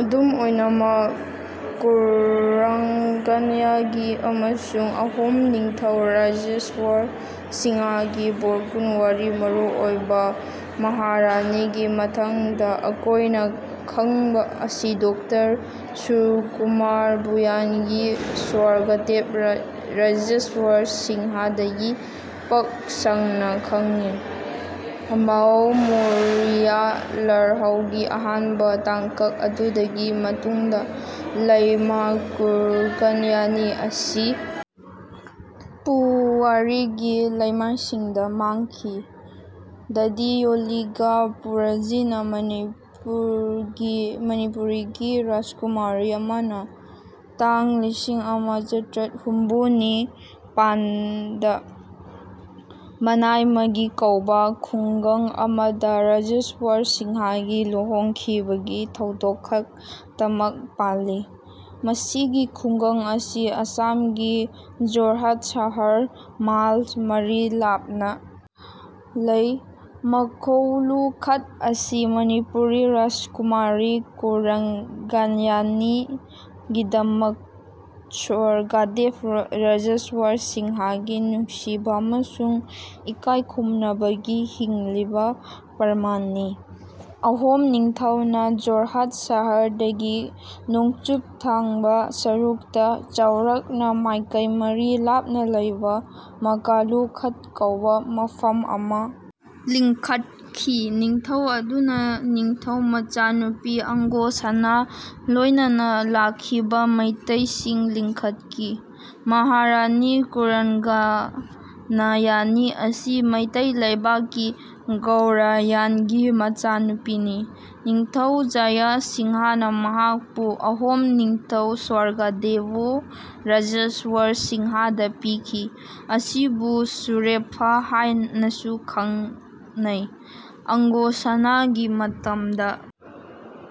ꯑꯗꯨꯝ ꯑꯣꯏꯅꯃꯛ ꯀꯨꯔꯪꯒꯅꯌꯅꯤ ꯑꯃꯁꯨꯡ ꯑꯍꯣꯝ ꯅꯤꯡꯊꯧ ꯔꯥꯖꯦꯁ꯭ꯋꯔ ꯁꯤꯡꯍꯒꯤ ꯕꯣꯔꯀꯨꯟꯋꯥꯔꯤ (ꯃꯔꯨꯑꯣꯏꯕ ꯃꯍꯥꯔꯥꯅꯤ)ꯒꯤ ꯃꯇꯥꯡꯗ ꯑꯩꯈꯣꯏꯅ ꯈꯪꯕ ꯑꯁꯤ ꯗꯣꯛꯇꯔ ꯁꯨꯔ꯭ꯌꯀꯨꯃꯥꯔ ꯚꯨꯌꯥꯟꯒꯤ ꯁ꯭ꯋꯔꯒꯗꯦꯕ ꯔꯥꯖꯦꯁ꯭ꯋꯔ ꯁꯤꯡꯍꯗꯒꯤ ꯄꯥꯛ ꯁꯟꯅ ꯈꯡꯉꯤ꯫ ꯃꯣꯑꯃꯣꯔꯤꯌꯥ ꯂꯥꯜꯍꯧꯒꯤ ꯑꯍꯥꯟꯕ ꯇꯥꯡꯀꯛ ꯑꯗꯨꯒꯤ ꯃꯇꯨꯡꯗ ꯂꯩꯃꯥ ꯀꯨꯔꯪꯒꯅꯌꯅꯤ ꯑꯁꯤ ꯄꯨꯋꯥꯔꯤꯒꯤ ꯂꯩꯃꯥꯏꯁꯤꯡꯗ ꯃꯥꯡꯈꯤ꯫ ꯗꯇꯤꯌꯣꯂꯤꯌꯥ ꯕꯨꯔꯥꯟꯖꯤꯅ ꯃꯅꯤꯄꯨꯔꯤꯒꯤ ꯔꯥꯖꯀꯨꯃꯥꯔꯤ ꯑꯃꯅ ꯏꯪ ꯂꯤꯁꯤꯡ ꯑꯃ ꯆꯥꯇ꯭ꯔꯦꯠ ꯍꯨꯝꯐꯨ ꯅꯤꯄꯥꯜꯗ ꯃꯅꯥꯏꯃꯥꯖꯤ ꯀꯧꯕ ꯈꯨꯡꯒꯪ ꯑꯃꯗ ꯔꯥꯖꯦꯁ꯭ꯋꯔ ꯁꯤꯡꯍꯒ ꯂꯨꯍꯣꯡꯈꯤꯕꯒꯤ ꯊꯧꯗꯣꯛ ꯈꯛꯇꯃꯛ ꯄꯜꯂꯤ꯫ ꯃꯁꯤꯒꯤ ꯈꯨꯡꯒꯪ ꯑꯁꯤ ꯑꯁꯥꯝꯒꯤ ꯖꯣꯔꯍꯥꯠ ꯁꯍꯔꯗꯒꯤ ꯃꯥꯏꯜ ꯃꯔꯤ ꯂꯥꯞꯅ ꯂꯩ꯫ ꯃꯒꯣꯂꯨ ꯈꯠ ꯑꯁꯤ ꯃꯅꯤꯄꯨꯔꯤ ꯔꯥꯖꯀꯨꯃꯥꯔꯤ ꯀꯨꯔꯪꯒꯅꯌꯅꯤꯒꯤꯗꯃꯛ ꯁ꯭ꯋꯔꯒꯗꯦꯕ ꯔꯥꯖꯦꯁ꯭ꯋꯔ ꯁꯤꯡꯍꯒꯤ ꯅꯨꯡꯁꯤꯕ ꯑꯃꯁꯨꯡ ꯏꯀꯥꯏ ꯈꯨꯝꯅꯕꯒꯤ ꯍꯤꯡꯂꯤꯕ ꯄ꯭ꯔꯃꯥꯟꯅꯤ꯫ ꯑꯍꯣꯝ ꯅꯤꯡꯊꯧꯅ ꯖꯣꯔꯍꯥꯠ ꯁꯍꯔꯗꯒꯤ ꯅꯣꯡꯆꯨꯞ ꯊꯪꯕ ꯁꯔꯨꯛꯇ ꯆꯥꯎꯔꯥꯛꯅ ꯃꯥꯏꯀꯩ ꯃꯔꯤ ꯂꯥꯞꯅ ꯂꯩꯕ ꯃꯒꯥꯂꯨ ꯈꯥꯠ ꯀꯧꯕ ꯃꯐꯝ ꯑꯃ ꯂꯤꯡꯈꯠꯈꯤ꯫ ꯅꯤꯡꯊꯧ ꯑꯗꯨꯅ ꯅꯤꯡꯊꯧ ꯃꯆꯥꯅꯨꯄꯤ ꯑꯪꯒꯣꯁꯅꯥ ꯂꯣꯏꯅꯅ ꯂꯥꯛꯈꯤꯕ ꯃꯩꯇꯩꯁꯤꯡ ꯂꯤꯡꯈꯠꯈꯤ꯫ ꯃꯍꯥꯔꯥꯅꯤ ꯀꯨꯔꯪꯒꯅꯌꯅꯤ ꯑꯁꯤ ꯃꯩꯇꯩ ꯂꯩꯕꯥꯛꯀꯤ ꯒꯧꯔꯁ꯭ꯌꯥꯝꯒꯤ ꯃꯆꯥꯅꯨꯄꯤꯅꯤ꯫ ꯅꯤꯡꯊꯧ ꯖꯌ ꯁꯤꯡꯍꯅ ꯃꯍꯥꯛꯄꯨ ꯑꯍꯣꯝ ꯅꯤꯡꯊꯧ ꯁ꯭ꯋꯔꯒꯗꯦꯑꯣ ꯔꯥꯖꯦꯁ꯭ꯋꯔ ꯁꯤꯡꯍꯗ ꯄꯤꯈꯤ, ꯃꯁꯤꯕꯨ ꯁꯨꯔꯦꯝꯐꯥ ꯍꯥꯏꯅꯁꯨ ꯈꯪꯅꯩ꯫ ꯑꯪꯒꯣꯁꯅꯥꯒꯤ ꯃꯇꯝꯗ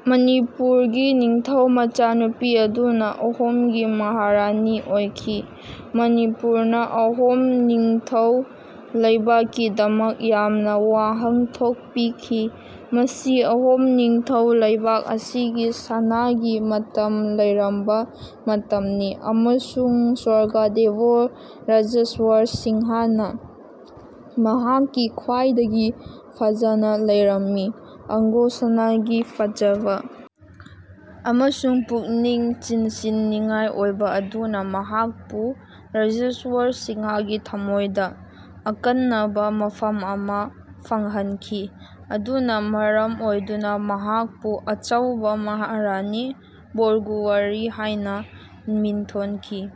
ꯃꯅꯤꯄꯨꯔꯒꯤ ꯅꯤꯡꯊꯧ ꯃꯆꯥꯅꯨꯄꯤ ꯑꯗꯨꯅ ꯑꯍꯣꯝꯒꯤ ꯃꯍꯥꯔꯥꯅꯤ ꯑꯣꯏꯈꯤ꯫ ꯃꯅꯤꯄꯨꯔꯅ ꯑꯍꯣꯝ ꯅꯤꯡꯊꯧ ꯂꯩꯕꯥꯛꯀꯤꯗꯃꯛ ꯌꯥꯝꯅ ꯋꯥꯍꯟꯊꯣꯛ ꯄꯤꯈꯤ꯫ ꯃꯁꯤ ꯑꯍꯣꯝ ꯅꯤꯡꯊꯧ ꯂꯩꯕꯥꯛ ꯑꯁꯤꯒꯤ ꯁꯅꯥꯒꯤ ꯃꯇꯝ ꯂꯩꯔꯝꯕ ꯃꯇꯝꯅꯤ ꯑꯃꯁꯨꯡ ꯁ꯭ꯋꯔꯒꯗꯦꯑꯣ ꯔꯥꯖꯦꯁ꯭ꯋꯔ ꯁꯤꯡꯍꯅ ꯃꯍꯥꯛꯀꯤ ꯈ꯭ꯋꯥꯏꯗꯒꯤ ꯐꯖꯅ ꯂꯩꯔꯝꯃꯤ꯫ ꯑꯪꯒꯣꯁꯅꯥꯒꯤ ꯐꯖꯕ ꯑꯃꯁꯨꯡ ꯄꯨꯛꯅꯤꯡ ꯆꯤꯡꯁꯤꯟꯅꯤꯡꯉꯥꯏ ꯑꯣꯏꯕ ꯑꯗꯨꯅ ꯃꯍꯥꯛꯄꯨ ꯔꯥꯖꯦꯁ꯭ꯋꯔ ꯁꯤꯡꯍꯒꯤ ꯊꯃꯣꯏꯗ ꯑꯀꯛꯅꯕ ꯃꯐꯝ ꯑꯃ ꯐꯪꯍꯟꯈꯤ ꯃꯗꯨꯅ ꯃꯔꯝ ꯑꯣꯏꯗꯨꯅ ꯃꯍꯥꯛꯄꯨ ꯑꯆꯧꯕ ꯃꯍꯥꯔꯥꯅꯤ (ꯕꯣꯔꯀꯨꯋꯥꯔꯤ) ꯍꯥꯏꯅ ꯃꯤꯡꯊꯣꯟꯈꯤ꯫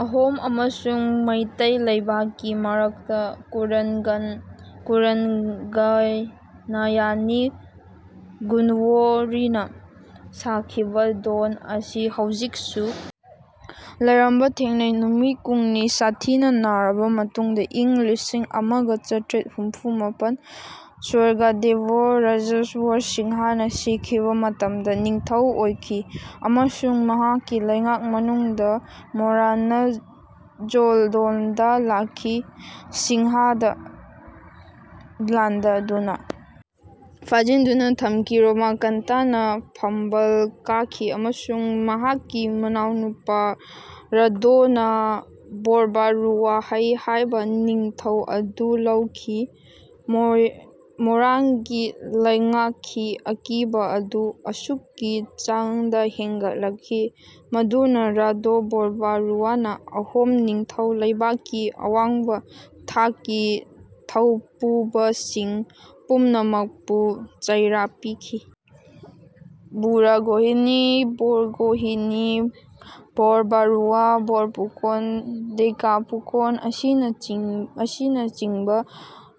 ꯑꯍꯣꯝ ꯑꯃꯁꯨꯡ ꯃꯩꯇꯩ ꯂꯩꯕꯥꯛꯀꯤ ꯃꯔꯛꯇ ꯀꯨꯔꯪꯒꯅꯌꯅꯤ ꯀꯨꯋꯣꯔꯤꯅ ꯁꯥꯈꯤꯕ ꯊꯣꯡ ꯑꯁꯤ ꯍꯧꯖꯤꯛꯁꯨ ꯂꯩꯔꯝꯕ ꯊꯦꯡꯅꯩ꯫ ꯅꯨꯃꯤꯠ ꯀꯨꯟꯅꯤ ꯁꯥꯊꯤꯅ ꯅꯥꯔꯕ ꯃꯇꯨꯡꯗ ꯏꯪ ꯂꯤꯁꯤꯡ ꯑꯃꯒ ꯆꯥꯇ꯭ꯔꯦꯠ ꯍꯨꯝꯐꯨ ꯃꯄꯜꯗꯥ ꯁ꯭ꯋꯔꯒꯗꯦꯑꯣ ꯔꯥꯖꯦꯁ꯭ꯋꯔ ꯁꯤꯡꯍꯅ ꯁꯤꯈꯤꯕ ꯃꯇꯝꯗ ꯃꯍꯥꯛꯀꯤ ꯃꯅꯥꯎꯅꯨꯄꯥ ꯂꯈꯃꯤ ꯁꯤꯡꯍꯅ ꯅꯤꯡꯊꯧ ꯑꯣꯏꯈꯤ ꯑꯃꯁꯨꯡ ꯃꯍꯥꯛꯀꯤ ꯂꯩꯉꯥꯛ ꯃꯅꯨꯡꯗ ꯃꯣꯔꯥꯟꯅ ꯖꯣꯏꯗꯣꯜꯗ ꯂꯈꯃꯤ ꯁꯤꯡꯍꯗ ꯂꯥꯟꯗꯥꯗꯨꯅ ꯐꯥꯖꯤꯟꯗꯨꯅ ꯊꯝꯈꯤ꯫ ꯔꯣꯃꯥꯀꯥꯟꯇꯅ ꯐꯝꯕꯥꯜ ꯀꯥꯈꯤ ꯑꯃꯁꯨꯡ ꯃꯍꯥꯛꯀꯤ ꯃꯅꯥꯎꯅꯨꯄꯥ ꯔꯥꯘꯣꯅ 'ꯕꯣꯔꯕꯥꯔꯨꯋꯥꯍ' ꯍꯥꯏꯕ ꯃꯤꯡꯊꯣꯜ ꯑꯗꯨ ꯂꯧꯈꯤ꯫ ꯃꯣꯔꯥꯟꯒꯤ ꯂꯩꯉꯥꯛꯀꯤ ꯑꯀꯤꯕ ꯑꯗꯨ ꯑꯁꯨꯛꯀꯤ ꯆꯥꯡꯗ ꯍꯦꯟꯒꯠꯂꯛꯈꯤ ꯃꯗꯨꯅ ꯔꯥꯘꯣ ꯕꯣꯔꯕꯥꯔꯨꯋꯥꯅ ꯑꯍꯣꯝ ꯅꯤꯡꯊꯧ ꯂꯩꯕꯥꯛꯀꯤ ꯑꯋꯥꯡꯕ ꯊꯥꯛꯀꯤ ꯊꯧꯄꯨꯕꯁꯤꯡ ꯄꯨꯝꯅꯃꯛꯄꯨ ꯆꯩꯔꯥꯛ ꯄꯤꯈꯤ꯫ ꯕꯨꯔꯥꯒꯣꯍꯤꯅꯤ, ꯕꯣꯔꯒꯣꯍꯤꯅꯤ ꯕꯣꯔꯕꯥꯔꯨꯋꯥ, ꯕꯣꯔꯐꯨꯀꯣꯟ, ꯗꯦꯀꯥꯐꯨꯀꯣꯟ ꯑꯁꯤꯅꯆꯤꯡꯕ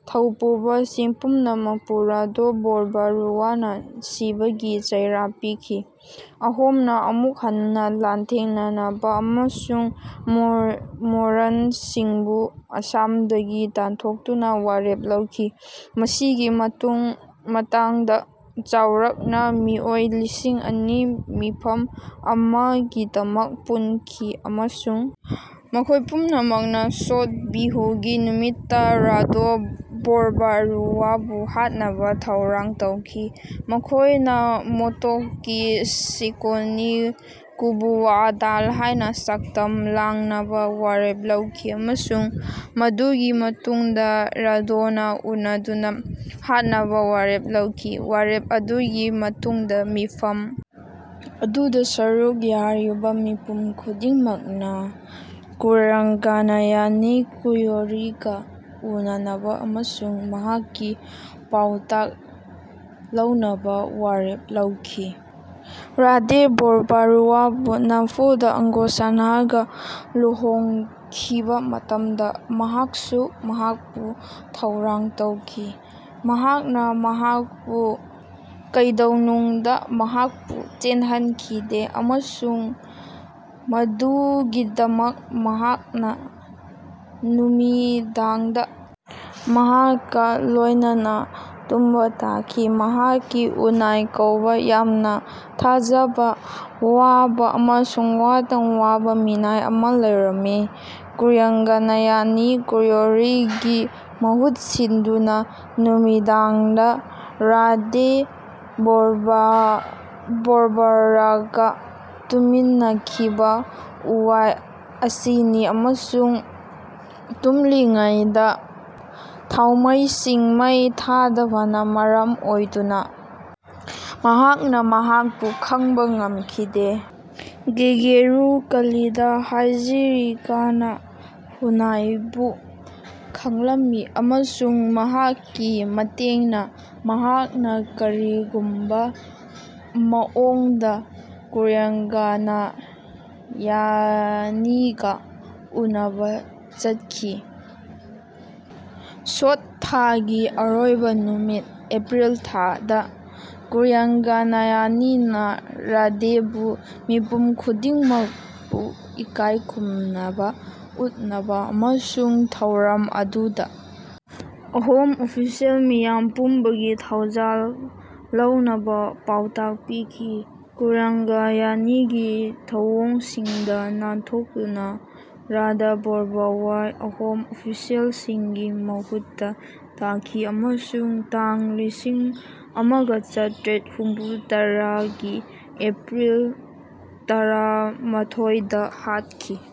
ꯊꯧꯄꯨꯕꯁꯤꯡ ꯄꯨꯝꯅꯃꯛꯄꯨ ꯔꯥꯘꯣ ꯕꯣꯔꯕꯔꯨꯋꯥꯅ ꯁꯤꯕꯒꯤ ꯆꯩꯔꯥꯛ ꯄꯤꯈꯤ꯫ ꯑꯍꯣꯝꯅ ꯑꯃꯨꯛ ꯍꯟꯅ ꯂꯥꯟꯊꯦꯡꯅꯅꯕ ꯑꯃꯁꯨꯡ ꯃꯣꯔꯥꯟꯁꯤꯡꯕꯨ ꯑꯁꯥꯝꯗꯒꯤ ꯇꯥꯟꯊꯣꯛꯅꯕ ꯋꯥꯔꯦꯞ ꯂꯧꯈꯤ꯫ ꯃꯁꯤꯒꯤ ꯃꯇꯥꯡꯗ ꯆꯥꯎꯔꯥꯛꯅ ꯃꯤꯑꯣꯏ ꯂꯤꯁꯤꯡ ꯑꯅꯤ ꯃꯤꯐꯝ ꯑꯃꯒꯤꯗꯃꯛ ꯄꯨꯟꯈꯤ ꯑꯃꯁꯨꯡ ꯃꯈꯣꯏ ꯄꯨꯝꯅꯃꯛꯅ ꯁꯣꯠ ꯕꯤꯍꯨꯒꯤ ꯅꯨꯃꯤꯠꯇ ꯔꯥꯘꯣ ꯕꯣꯔꯕꯥꯔꯨꯋꯥꯕꯨ ꯍꯥꯠꯅꯕ ꯊꯧꯔꯥꯡ ꯇꯧꯈꯤ꯫ ꯃꯈꯣꯏꯅ ꯃꯣꯇꯣꯛꯀꯤ ꯁꯦꯀꯣꯅꯤ-ꯀꯨꯕꯨꯋꯥ ꯗꯥꯜ ꯍꯥꯏꯅ ꯁꯛꯇꯝ ꯂꯥꯡꯗꯨꯅ ꯁꯛꯇꯝ ꯂꯥꯡꯅꯕ ꯋꯥꯔꯦꯞ ꯂꯧꯈꯤ ꯑꯃꯁꯨꯡ ꯃꯗꯨꯒꯤ ꯃꯇꯨꯡꯗ ꯔꯥꯘꯣꯒ ꯎꯅꯗꯨꯅ ꯍꯥꯠꯅꯕ ꯋꯥꯔꯦꯞ ꯂꯧꯈꯤ꯫ ꯋꯥꯔꯦꯞ ꯑꯗꯨꯒꯤ ꯃꯇꯨꯡꯗ ꯃꯤꯐꯝ ꯑꯗꯨꯗ ꯁꯔꯨꯛ ꯌꯥꯔꯤꯕ ꯃꯤꯄꯨꯝ ꯈꯨꯗꯤꯡꯃꯛꯅ ꯀꯨꯔꯪꯒꯅꯌꯅꯤ ꯀꯨꯋꯣꯔꯤꯒ ꯎꯅꯅꯕ ꯑꯃꯁꯨꯡ ꯃꯍꯥꯛꯀꯤ ꯄꯥꯎꯇꯥꯛ ꯂꯧꯅꯕ ꯋꯥꯔꯦꯞ ꯂꯧꯈꯤ꯫ ꯔꯥꯘꯣ ꯕꯣꯔꯕꯥꯔꯨꯋꯥꯅ ꯅꯝꯐꯨꯗ ꯑꯡꯒꯣꯁꯥꯅꯥꯒ ꯂꯨꯍꯣꯡꯈꯤꯕ ꯃꯇꯝꯗ ꯃꯍꯥꯛꯁꯨ ꯃꯍꯥꯛꯄꯨ ꯊꯧꯔꯥꯡ ꯇꯧꯈꯤ꯫ ꯃꯍꯥꯛꯅ ꯃꯍꯥꯛꯄꯨ ꯀꯩꯗꯧꯅꯨꯡꯗ ꯃꯍꯥꯛꯄꯨ ꯁꯣꯛꯍꯟꯈꯤꯗꯦ ꯑꯃꯁꯨꯡ ꯃꯗꯨꯒꯤꯗꯃꯛ ꯃꯍꯥꯛꯅ ꯅꯨꯃꯤꯗꯥꯡꯗ ꯃꯍꯥꯛꯀ ꯂꯣꯏꯅꯅ ꯇꯨꯝꯕ ꯇꯣꯛꯈꯤ꯫ ꯃꯍꯥꯛꯀꯤ ꯍꯨꯅꯥꯏ ꯀꯧꯕ ꯌꯥꯝꯅ ꯊꯥꯖꯕ ꯌꯥꯕ ꯑꯃꯁꯨꯡ ꯌꯥꯊꯪ ꯌꯥꯕ ꯃꯤꯅꯥꯏ ꯑꯃ ꯂꯩꯔꯝꯃꯤ꯫ ꯀꯨꯔꯪꯒꯅꯌꯅꯤ ꯀꯨꯋꯣꯔꯤꯒꯤ ꯃꯍꯨꯠ ꯁꯤꯟꯗꯨꯅ ꯅꯨꯃꯤꯗꯥꯡꯗ ꯔꯥꯘꯣ ꯕꯣꯔꯕꯥꯎꯔꯒ ꯇꯨꯝꯃꯤꯟꯅꯈꯤꯕ ꯍꯨꯅꯥꯏ ꯑꯁꯤꯅꯤ ꯑꯃꯁꯨꯡ ꯇꯨꯝꯂꯤꯉꯩꯗ ꯊꯥꯎꯃꯩꯁꯤꯡ ꯃꯩ ꯊꯥꯗꯕꯅ ꯃꯔꯝ ꯑꯣꯏꯗꯨꯅ ꯃꯍꯥꯛꯅ ꯃꯍꯥꯛꯄꯨ ꯈꯪꯕ ꯉꯝꯈꯤꯗꯦ꯫ ꯀꯦꯀꯦꯔꯨ ꯀꯂꯤꯇꯥ ꯍꯖꯥꯔꯤꯀꯥꯅ ꯍꯨꯅꯥꯏꯕꯨ ꯈꯪꯂꯝꯃꯤ ꯑꯃꯁꯨꯡ ꯃꯍꯥꯛꯀꯤ ꯃꯇꯦꯡꯅ ꯃꯍꯥꯛꯅ ꯀꯔꯤꯒꯨꯝꯕ ꯃꯑꯣꯡꯗ ꯀꯨꯔꯪꯒꯅꯌꯅꯤꯒ ꯎꯟꯅꯕ ꯆꯠꯈꯤ꯫ ꯁꯣꯠ ꯊꯥꯒꯤ ꯑꯔꯣꯏꯕ ꯅꯨꯃꯤꯠ (ꯑꯦꯄ꯭ꯔꯤꯜ-ꯊꯥ)ꯗ ꯀꯨꯔꯪꯒꯅꯌꯅꯤꯅ ꯔꯥꯘꯣꯕꯨ ꯃꯤꯄꯨꯝ ꯈꯨꯗꯤꯡꯃꯛꯄꯨ ꯏꯀꯥꯏ ꯈꯨꯝꯅꯕ ꯎꯠꯅꯕ ꯑꯃꯁꯨꯡ ꯊꯧꯔꯝ ꯑꯗꯨꯗ ꯑꯍꯣꯝ ꯑꯣꯐꯤꯁꯤꯑꯦꯜꯁꯤꯡꯒꯤ ꯃꯤꯌꯥꯝ ꯄꯨꯟꯕꯒꯤ ꯊꯧꯖꯥꯜ ꯂꯧꯅꯕ ꯄꯥꯎꯇꯥꯛ ꯄꯤꯈꯤ꯫ ꯀꯨꯔꯪꯒꯅꯌꯅꯤꯒꯤ ꯊꯧꯑꯣꯡꯁꯤꯡꯗ ꯅꯥꯟꯊꯣꯛꯇꯨꯅ ꯔꯥꯘꯣ ꯕꯣꯔꯕꯥꯔꯨꯋꯥꯍ ꯑꯍꯣꯝ ꯑꯣꯐꯤꯁꯤꯑꯦꯜꯁꯤꯡꯒꯤ ꯃꯈꯨꯠꯇ ꯇꯥꯈꯤ ꯑꯃꯁꯨꯡ ꯏꯪ ꯂꯤꯁꯤꯡ ꯑꯃꯒ ꯆꯥꯇ꯭ꯔꯦꯠ ꯍꯨꯝꯐꯨꯇꯔꯥꯒꯤ ꯑꯦꯄ꯭ꯔꯤꯜ ꯇꯔꯥꯃꯥꯊꯣꯏꯗ ꯍꯥꯠꯈꯤ꯫